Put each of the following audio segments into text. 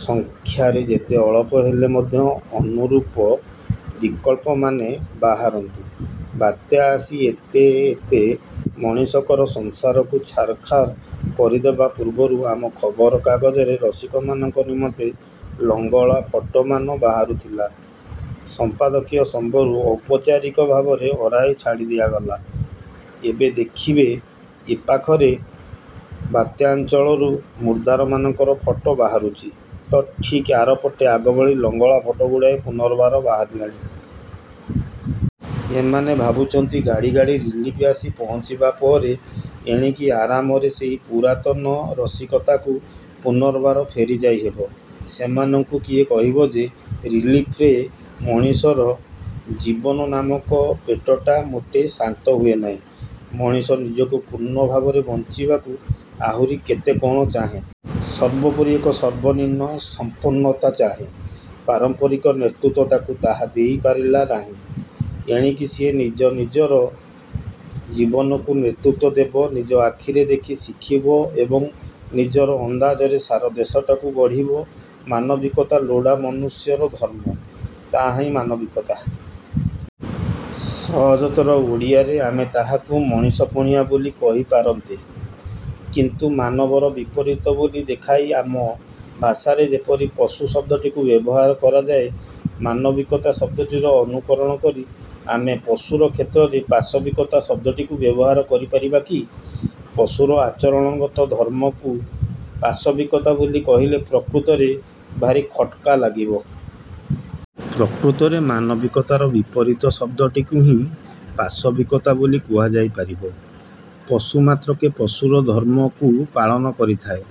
ସଂଖ୍ୟାରେ ଯେତେ ଅଳପ ହେଲେ ମଧ୍ୟ ଅନୁରୂପ ବିକଳ୍ପମାନେ ବାହାରନ୍ତୁ। ବାତ୍ୟା ଆସି ଏତେ ଏତେ ମଣିଷଙ୍କର ସଂସାରକୁ ଛାରଖାର କରିଦେବା ପୂର୍ବରୁ ଆମ ଖବରକାଗଜରେ ରସିକମାନଙ୍କ ନିମନ୍ତେ ଲଙ୍ଗଳା ଫଟୋମାନ ବାହାରୁଥିଲା। ସମ୍ପାଦକୀୟ ସ୍ତମ୍ଭରୁ ଔପଚାରିକ ଭାବରେ ଅରାଏ ଛାଡ଼ି ଦିଆଗଲା। ଏବେ ଦେଖିବେ ଏପାଖରେ ବାତ୍ୟାଞ୍ଚଳରୁ ମୁର୍ଦ୍ଦାରମାନଙ୍କର ଫଟୋ ବାହାରୁଛି ତ ଠିକ୍ ଆରପଟେ ଆଗଭଳି ଲଂଗଳା ଫଟୋଗୁଡ଼ାକ ପୁନର୍ବାର ବାହାରିଲାଣି। ଏମାନେ ଭାବୁଛନ୍ତି ଗାଡ଼ି ଗାଡ଼ି ରିଲିଫ୍ ଆସି ପହଞ୍ଚିବାପରେ ଏଣିକି ଆରାମରେ ସେହି ପୁରାତନ ରସିକତାକୁ ପୁନର୍ବାର ଫେରିଯାଇ ହେବ। ସେମାନଙ୍କୁ କିଏ କହିବ ଯେ, ରିଲିଫ୍ରେ ମଣିଷର ଜୀବନ ନାମକ ପେଟଟା ମୋଟେ ଶାନ୍ତ ହୁଏନାହିଁ। ମଣିଷ ନିଜକୁ ପୂର୍ଣ୍ଣ ଭାବରେ ବଞ୍ଚିବାକୁ ଆହୁରି କେତେ କଣ ଚାହେଁ। ସର୍ବୋପରି ଏକ ସର୍ବନିମ୍ନ ସମ୍ପନ୍ନତା ଚାହେ। ପାରମ୍ପରିକ ନେତୃତ୍ୱ ତାକୁ ତାହା ଦେଇ ପାରିଲାନାହିଁ। ଏଣିକି ସିଏ ନିଜେ ନିଜର ଜୀବନକୁ ନେତୃତ୍ଵ ଦେବ, ନିଜ ଆଖିରେ ଦେଖି ଶିଖିବ ଏବଂ ନିଜର ଅନ୍ଦାଜରେ ସାରା ଦେଶଟାକୁ ଗଢ଼ିବ। ମାନବିକତା ଲୋଡ଼ା ମନୁଷ୍ୟର ଧର୍ମ, ତାହାହିଁ ମାନବିକତା। ସହଜତର ଓଡ଼ିଆରେ ଆମେ ତାହାକୁ ମଣିଷପଣିଆ ବୋଲି କହିପାରନ୍ତେ। କିନ୍ତୁ, ମାନବର ବିପରୀତ ବୋଲି ଦେଖାଇ ଆମ ଭାଷାରେ ଯେପରି ପଶୁ ଶବ୍ଦଟିକୁ ବ୍ୟବହାର କରାଯାଏ, ମାନବିକତା ଶବ୍ଦଟିର ଅନୁକରଣ କରି ଆମେ ପଶୁର କ୍ଷେତ୍ରରେ ପାଶବିକତା ଶବ୍ଦଟିକୁ ବ୍ୟବହାର କରି ପାରିବା କି? ପଶୁର ଆଚରଣଗତ ଧର୍ମକୁ ପାଶବିକତା ବୋଲି କହିଲେ ପ୍ରକୃତରେ ଭାରି ଖଟକା ଲାଗିବ। ପ୍ରକୃତରେ ମାନବିକତାର ବିପରୀତ ଶବ୍ଦଟିକୁ ହିଁ ପାଶବିକତା ବୋଲି କୁହାଯାଇପାରିବ। ପଶୁମାତ୍ରକେ ପଶୁର ଧର୍ମକୁ ପାଳନ କରିଥାଏ।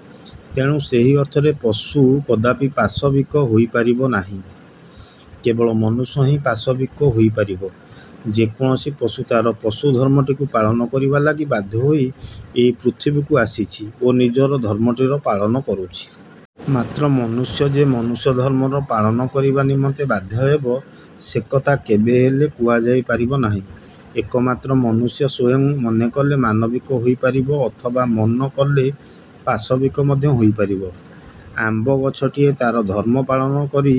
ତେଣୁ, ସେହି ଅର୍ଥରେ ପଶୁ କଦାପି ପାଶବିକ ହୋଇପାରିବ ନାହିଁ। କେବଳ ମନୁଷ୍ୟ ହିଁ ପାଶବିକ ହୋଇପାରିବ। ଯେକୌଣସି ପଶୁ ତା'ର ପଶୁଧର୍ମଟିକୁ ପାଳନ କରିବା ଲାଗି ବାଧ୍ୟ ହୋଇ ଏହି ପୃଥିବୀକୁ ଆସିଛି ଓ ନିଜର ଧର୍ମଟିର ପାଳନ କରୁଛି। ମାତ୍ର, ମନୁଷ୍ୟ ଯେ ମନୁଷ୍ୟଧର୍ମର ପାଳନ କରିବା ନିମନ୍ତେ ବାଧ୍ୟ ହେବ, ସେକଥା କେବେହେଲେ କୁହାଯାଇ ପାରିବ ନାହିଁ। ଏକମାତ୍ର ମନୁଷ୍ୟ ସ୍ଵୟଂ ମନେକଲେ ମାନବିକ ହୋଇପାରିବ ଅଥବା ମନ କଲେ ପାଶବିକ ମଧ୍ୟ ହୋଇପାରିବ। ଆମ୍ବ ଗଛଟିଏ ତା'ର ଧର୍ମ ପାଳନ କରି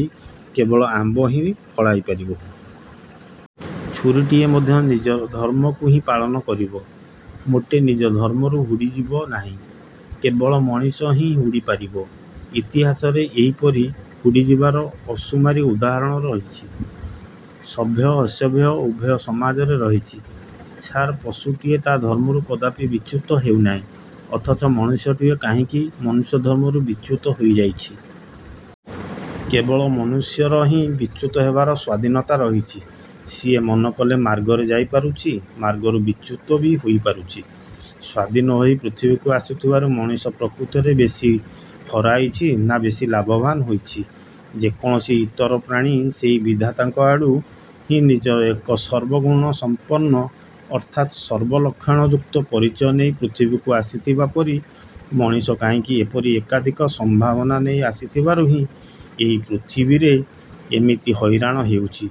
କେବଳ ଆମ୍ବ ହିଁ ଫଳାଇପାରିବ। ଛୁରୀଟିଏ ମଧ୍ୟ ନିଜର ଧର୍ମକୁ ହିଁ ପାଳନ କରିବ। ମୋଟେ ନିଜ ଧର୍ମରୁ ହୁଡ଼ିଯିବ ନାହିଁ। କେବଳ ମଣିଷ ହିଁ ହୁଡ଼ିପାରିବ। ଇତିହାସରେ ଏହିପରି ହୁଡ଼ିଯିବାର ଅସୁମାରି ଉଦାହରଣ ରହିଛି। ସଭ୍ୟ ଅସଭ୍ୟ ଉଭୟ ସମାଜରେ ରହିଛି। ଛାର ପଶୁଟିଏ ତା' ଧର୍ମରୁ କଦାପି ବିଚ୍ୟୁତ ହେଉନାହିଁ, ଅଥଚ ମଣିଷଟିଏ କାହିଁକି ମନୁଷ୍ୟଧର୍ମରୁ ବିଚ୍ୟୁତ ହୋଇଯାଉଛି? କେବଳ ମନୁଷ୍ୟର ହିଁ ବିଚ୍ୟୁତ ହେବାର ସ୍ଵାଧୀନତା ରହିଛି-। ସିଏ ମନ କଲେ ମାର୍ଗରେ ଯାଇପାରୁଛି, ମାର୍ଗରୁ ବିଚ୍ୟୁତ ବି ହୋଇପାରୁଛି। ସ୍ୱାଧୀନ ହୋଇ ପୃଥିବୀକୁ ଆସିଥିବାରୁ ମଣିଷ ପ୍ରକୃତରେ ବେଶୀ ହରାଇଛି ନା ବେଶୀ ଲାଭବାନ ହୋଇଛି? ଯେକୌଣସି ଇତର ପ୍ରାଣୀ ସେଇ ବିଧାତାଙ୍କ ଆଡୁ ହିଁ ନିଜର ଏକ ସର୍ବଗୁଣସଂପନ୍ନ ଅର୍ଥାତ୍ ସର୍ବଲକ୍ଷଣଯୁକ୍ତ ପରିଚୟ ନେଇ ପୃଥିବୀକୁ ଆସିଥିବା ପରି ମଣିଷ କାହିଁକି ଏପରି ଏକାଧିକ ସମ୍ଭାବନା ନେଇ ଆସିଥିବାରୁ ହିଁ ଏହି ପୃଥିବୀରେ ଏମିତି ହଇରାଣ ହେଉଛି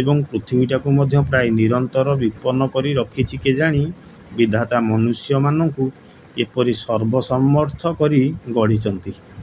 ଏବଂ ପୃଥିବୀଟାକୁ ମଧ୍ୟ ପ୍ରାୟ ନିରନ୍ତର ବିପନ୍ନ କରି ରଖିଛି କେଜାଣି? ବିଧାତା ମନୁଷ୍ୟମାନଙ୍କୁ ଏପରି ସର୍ବସମର୍ଥ କରି ଗଢ଼ିଛନ୍ତି